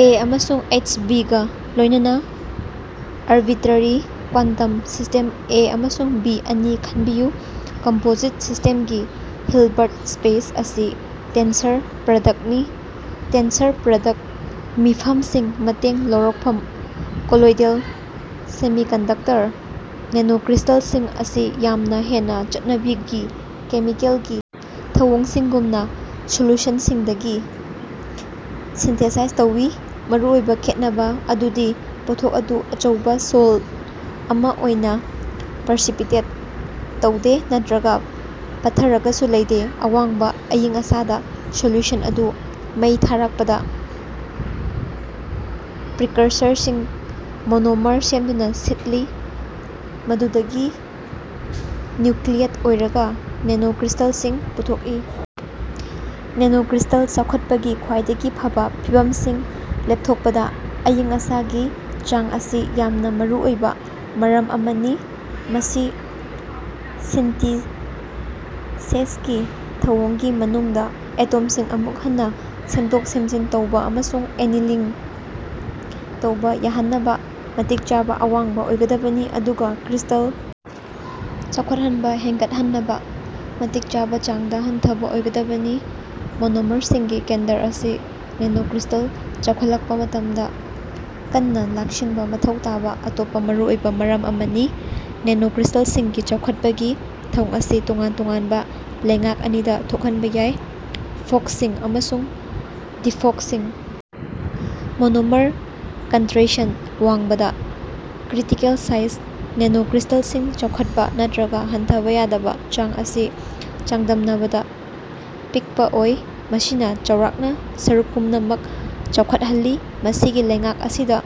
ꯑꯦ. ꯑꯃꯁꯨꯡ H. B. ꯒ ꯂꯣꯏꯅꯅ ꯑꯔꯕꯤꯇꯔꯔꯤ ꯀ꯭ꯋꯥꯟꯇꯝ ꯁꯤꯁꯇꯦꯝ ꯑꯦ ꯑꯃꯁꯨꯡ ꯕꯤ ꯑꯅꯤ ꯈꯟꯕꯤꯌꯨ꯫ ꯀꯝꯄꯣꯖꯤꯠ ꯁꯤꯁꯇꯦꯝꯒꯤ ꯍꯤꯜꯕꯔꯠ ꯁ꯭ꯄꯦꯁ ꯑꯁꯤ ꯇꯦꯟꯁꯔ ꯄ꯭ꯔꯗꯛꯅꯤ꯫ꯇꯦꯟꯁꯔ ꯄ꯭ꯔꯗꯛ ꯃꯤꯐꯝꯁꯤꯡ ꯃꯇꯦꯡ ꯂꯧꯔꯛꯐꯝ ꯀꯣꯂꯣꯏꯗꯦꯜ ꯁꯦꯃꯤꯀꯟꯗꯛꯇꯔ ꯅꯦꯅꯣꯀ꯭ꯔꯤꯁꯇꯜꯁꯤꯡ ꯑꯁꯤ ꯌꯥꯝꯅ ꯍꯦꯟꯅ ꯆꯠꯅꯕꯤꯒꯤ ꯀꯦꯃꯤꯀꯦꯜꯒꯤ ꯊꯧꯑꯣꯡꯁꯤꯡꯒꯨꯝꯅ, ꯁꯣꯜꯂꯨꯁꯟꯁꯤꯡꯗꯒꯤ ꯁꯤꯟꯊꯦꯁꯥꯏꯖ ꯇꯧꯋꯤ꯫ ꯃꯔꯨꯑꯣꯏꯕ ꯈꯦꯠꯅꯕ ꯑꯗꯨꯗꯤ ꯄꯣꯠꯊꯣꯛ ꯑꯗꯨ ꯑꯆꯧꯕ ꯁꯣꯜꯗ ꯑꯃ ꯑꯣꯏꯅ ꯄꯔꯁꯤꯄꯤꯇꯦꯠ ꯇꯧꯗꯦ ꯅꯠꯇ꯭ꯔꯒ ꯄꯠꯊꯔꯒꯁꯨ ꯂꯩꯗꯦ꯫ ꯑꯋꯥꯡꯕ ꯑꯏꯪꯑꯁꯥꯗ ꯁꯣꯂ꯭ꯌꯨꯁꯟ ꯑꯗꯨ ꯃꯩ ꯊꯥꯔꯛꯄꯗ, ꯄ꯭ꯔꯤꯀꯁꯔꯁꯤꯡ ꯃꯣꯅꯣꯃꯔ ꯁꯦꯝꯗꯨꯅ ꯁꯤꯠꯂꯤ, ꯃꯗꯨꯗꯒꯤ ꯅ꯭ꯌꯨꯀ꯭ꯂꯤꯌꯦꯠ ꯑꯣꯏꯔꯒ ꯅꯦꯅꯣꯀ꯭ꯔꯤꯁꯇꯜꯁꯤꯡ ꯄꯨꯊꯣꯛꯏ꯫ ꯅꯦꯅꯣꯀ꯭ꯔꯤꯁꯇꯜ ꯆꯥꯎꯈꯠꯄꯒꯤ ꯈ꯭ꯋꯥꯏꯗꯒꯤ ꯐꯕ ꯐꯤꯚꯝꯁꯤꯡ ꯂꯦꯞꯊꯣꯛꯄꯗ ꯑꯏꯪ-ꯑꯁꯥꯒꯤ ꯆꯥꯡ ꯑꯁꯤ ꯌꯥꯝꯅ ꯃꯔꯨ ꯑꯣꯏꯕ ꯃꯔꯝ ꯑꯃꯅꯤ꯫ ꯃꯁꯤ ꯁꯤꯟꯇꯤꯁꯦꯁꯀꯤ ꯊꯧꯑꯣꯡꯒꯤ ꯃꯅꯨꯡꯗ ꯑꯦꯇꯣꯝꯁꯤꯡ ꯑꯃꯨꯛ ꯍꯟꯅ ꯁꯦꯝꯗꯣꯛ-ꯁꯦꯝꯖꯤꯟ ꯇꯧꯕ ꯑꯃꯁꯨꯡ ꯑꯦꯅꯤꯂꯤꯡ ꯇꯧꯕ ꯌꯥꯍꯟꯅꯕ ꯃꯇꯤꯛ ꯆꯥꯕ ꯑꯋꯥꯡꯕ ꯑꯣꯏꯒꯗꯕꯅꯤ ꯑꯗꯨꯒ ꯀ꯭ꯔꯤꯁꯇꯜ ꯆꯥꯎꯈꯠꯍꯟꯕ ꯍꯦꯟꯒꯠꯍꯟꯅꯕ ꯃꯇꯤꯛ ꯆꯥꯕ ꯆꯥꯡꯗ ꯍꯟꯊꯕ ꯑꯣꯏꯒꯗꯕꯅꯤ꯫ ꯃꯣꯅꯣꯃꯔꯁꯤꯡꯒꯤ ꯀꯦꯟꯗ꯭ꯔ ꯑꯁꯤ ꯅꯦꯅꯣꯀ꯭ꯔꯤꯁꯇꯜ ꯆꯥꯎꯈꯠꯂꯛꯄ ꯃꯇꯝꯗ ꯀꯟꯅ ꯂꯥꯛꯁꯤꯟꯕ ꯃꯊꯧ ꯇꯥꯕ ꯑꯇꯣꯞꯄ ꯃꯔꯨꯑꯣꯏꯕ ꯃꯔꯝ ꯑꯃꯅꯤ꯫ ꯅꯦꯅꯣꯀ꯭ꯔꯤꯁꯇꯜꯁꯤꯡꯒꯤ ꯆꯥꯎꯈꯠꯄꯒꯤ ꯊꯧꯑꯣꯡ ꯑꯁꯤ ꯇꯣꯉꯥꯟ-ꯇꯣꯉꯥꯟꯕ ꯂꯩꯉꯥꯛ ꯑꯅꯤꯗ ꯊꯣꯛꯍꯟꯕ ꯌꯥꯏ: "ꯐꯣꯛꯁꯤꯡ" ꯑꯃꯁꯨꯡ "ꯗꯤꯐꯣꯀꯁꯤꯡ"꯫ ꯃꯣꯅꯣꯃꯔ ꯀꯟꯇ꯭ꯔꯦꯁꯟ ꯋꯥꯡꯕꯗ, ꯀ꯭ꯔꯤꯇꯤꯀꯦꯜ ꯁꯥꯏꯖ (ꯅꯦꯅꯣꯀ꯭ꯔꯤꯁꯇꯜꯁꯤꯡ ꯆꯥꯎꯈꯠꯄ ꯅꯠꯇ꯭ꯔꯒ ꯍꯟꯊꯕ ꯌꯥꯗꯕ ꯆꯥꯡ) ꯑꯁꯤ ꯆꯥꯡꯗꯝꯅꯕꯗ ꯄꯤꯛꯄ ꯑꯣꯏ, ꯃꯁꯤꯅ ꯆꯥꯎꯔꯥꯛꯅ ꯁꯔꯨꯛ ꯄꯨꯝꯅꯃꯛ ꯆꯥꯎꯈꯠꯍꯜꯂꯤ꯫ ꯃꯁꯤꯒꯤ ꯂꯩꯉꯥꯛ ꯑꯁꯤꯗ,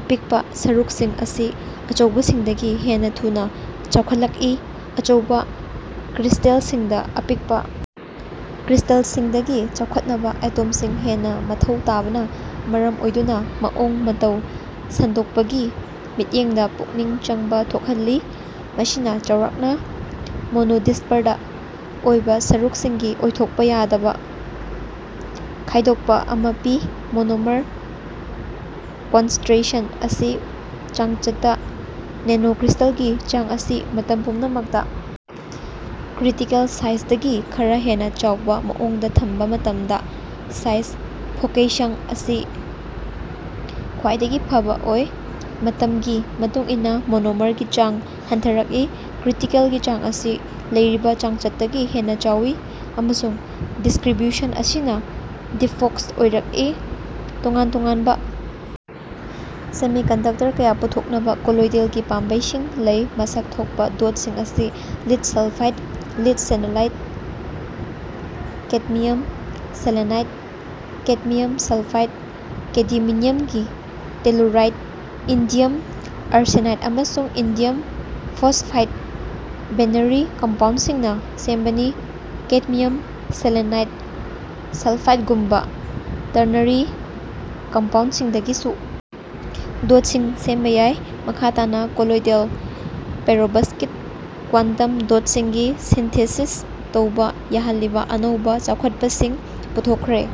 ꯑꯄꯤꯛꯄ ꯁꯔꯨꯛꯁꯤꯡ ꯑꯁꯤ ꯑꯆꯧꯕꯁꯤꯡꯗꯒꯤ ꯍꯦꯟꯅ ꯊꯨꯅ ꯆꯥꯎꯈꯠꯂꯛꯏ (ꯑꯆꯧꯕ ꯀ꯭ꯔꯤꯁ꯭ꯇꯦꯜꯁꯤꯡꯗ ꯑꯄꯤꯛꯄ ꯀ꯭ꯔꯤꯁꯇꯜꯁꯤꯡꯗꯒꯤ ꯆꯥꯎꯈꯠꯅꯕ ꯑꯦꯇꯣꯝꯁꯤꯡ ꯍꯦꯟꯅ ꯃꯊꯧ ꯇꯥꯕꯅ ꯃꯔꯝ ꯑꯣꯏꯗꯨꯅ ꯃꯑꯣꯡ-ꯃꯇꯧ ꯁꯟꯗꯣꯛꯄꯒꯤ ꯃꯤꯠꯌꯦꯡꯗ ꯄꯨꯛꯅꯤꯡ ꯆꯪꯕꯥ ꯊꯣꯛꯍꯜꯂꯤ, ꯃꯁꯤꯅ ꯆꯥꯎꯔꯥꯛꯅ ꯃꯣꯅꯣꯗꯤꯁꯄꯔꯗ ꯑꯣꯏꯕ ꯁꯔꯨꯛꯁꯤꯡꯒꯤ ꯑꯣꯏꯊꯣꯛꯄ ꯌꯥꯗꯕ ꯈꯥꯏꯗꯣꯛꯄ ꯑꯃ ꯄꯤ꯫ ꯃꯣꯅꯣꯃꯔ ꯀꯣꯟꯁꯇ꯭ꯔꯦꯁꯟ ꯑꯁꯤ ꯆꯥꯡꯆꯠꯇ ꯅꯦꯅꯣꯀ꯭ꯔꯤꯁꯇꯜꯒꯤ ꯆꯥꯡ ꯑꯁꯤ ꯃꯇꯝ ꯄꯨꯝꯅꯃꯛꯇ ꯀ꯭ꯔꯤꯇꯤꯀꯦꯜ ꯁꯥꯏꯖꯗꯒꯤ ꯈꯔ ꯍꯦꯟꯅ ꯆꯥꯎꯕ ꯃꯑꯣꯡꯗ ꯊꯝꯕ ꯃꯇꯝꯗ ꯁꯥꯏꯖ ꯐꯣꯀꯦꯁꯟ ꯑꯁꯤ ꯈ꯭ꯋꯥꯏꯗꯒꯤ ꯐꯕ ꯑꯣꯏ꯫ ꯃꯇꯝꯒꯤ ꯃꯇꯨꯡ ꯏꯟꯅ ꯃꯣꯅꯣꯃꯔꯒꯤ ꯆꯥꯡ ꯍꯟꯊꯔꯛꯏ, ꯀ꯭ꯔꯤꯇꯤꯀꯦꯜꯒꯤ ꯆꯥꯡ ꯑꯁꯤ ꯂꯩꯔꯤꯕ ꯆꯥꯡꯆꯠꯇꯒꯤ ꯍꯦꯟꯅ ꯆꯥꯎꯏ, ꯑꯃꯁꯨꯡ ꯗꯤꯁꯇ꯭ꯔꯤꯕ꯭ꯌꯨꯁꯟ ꯑꯁꯤꯅ ꯗꯤꯐꯣꯛꯁ ꯑꯣꯏꯔꯛꯏ꯫ ꯇꯣꯉꯥꯟ-ꯇꯣꯉꯥꯟꯕ ꯁꯦꯃꯤꯀꯟꯗꯛꯇꯔ ꯀꯌꯥ ꯄꯨꯊꯣꯛꯅꯕ ꯀꯣꯂꯣꯏꯗꯦꯜꯒꯤ ꯄꯥꯝꯕꯩꯁꯤꯡ ꯂꯩ꯫ ꯃꯁꯛ ꯊꯣꯛꯄ ꯗꯣꯠꯁꯤꯡ ꯑꯁꯤ lead sulphide, lead selenide, cadmium selenide, cadmium sulphide, ꯀꯦꯗꯤꯃꯤꯅ꯭ꯌꯝꯒꯤ ꯇꯦꯂꯨꯔꯥꯏꯗ, ꯏꯟꯗꯤꯌꯝ ꯑꯥꯔꯁꯦꯅꯥꯏꯗ, ꯑꯃꯁꯨꯡ ꯏꯟꯗꯤꯌꯝ ꯐꯣꯁꯐꯥꯏꯗ ꯕꯦꯅꯔꯤ ꯀꯝꯄꯥꯎꯟꯁꯤꯡꯅ ꯁꯦꯝꯕꯅꯤ꯫ ꯀꯦꯗꯃꯤꯌꯝ ꯁꯦꯂꯦꯅꯥꯏꯗ ꯁꯜꯐꯥꯏꯗꯒꯨꯝꯕ ꯇꯔꯅꯔꯤ ꯀꯝꯄꯥꯎꯟꯁꯤꯡꯗꯒꯤꯁꯨ ꯗꯣꯠꯁꯤꯡ ꯁꯦꯝꯕ ꯌꯥꯏ꯫ ꯃꯈꯥ ꯇꯥꯅ, ꯀꯣꯂꯣꯏꯗꯦꯜ ꯄꯦꯔꯣꯚꯁ꯭ꯀꯤꯠ ꯀ꯭ꯋꯥꯟꯇꯝ ꯗꯣꯠꯁꯤꯡꯒꯤ ꯁꯤꯟꯊꯤꯁꯤꯁ ꯇꯧꯕ ꯌꯥꯍꯜꯂꯤꯕ ꯑꯅꯧꯕ ꯆꯥꯎꯈꯠꯄꯁꯤꯡ ꯄꯨꯊꯣꯛꯈ꯭ꯔꯦ꯫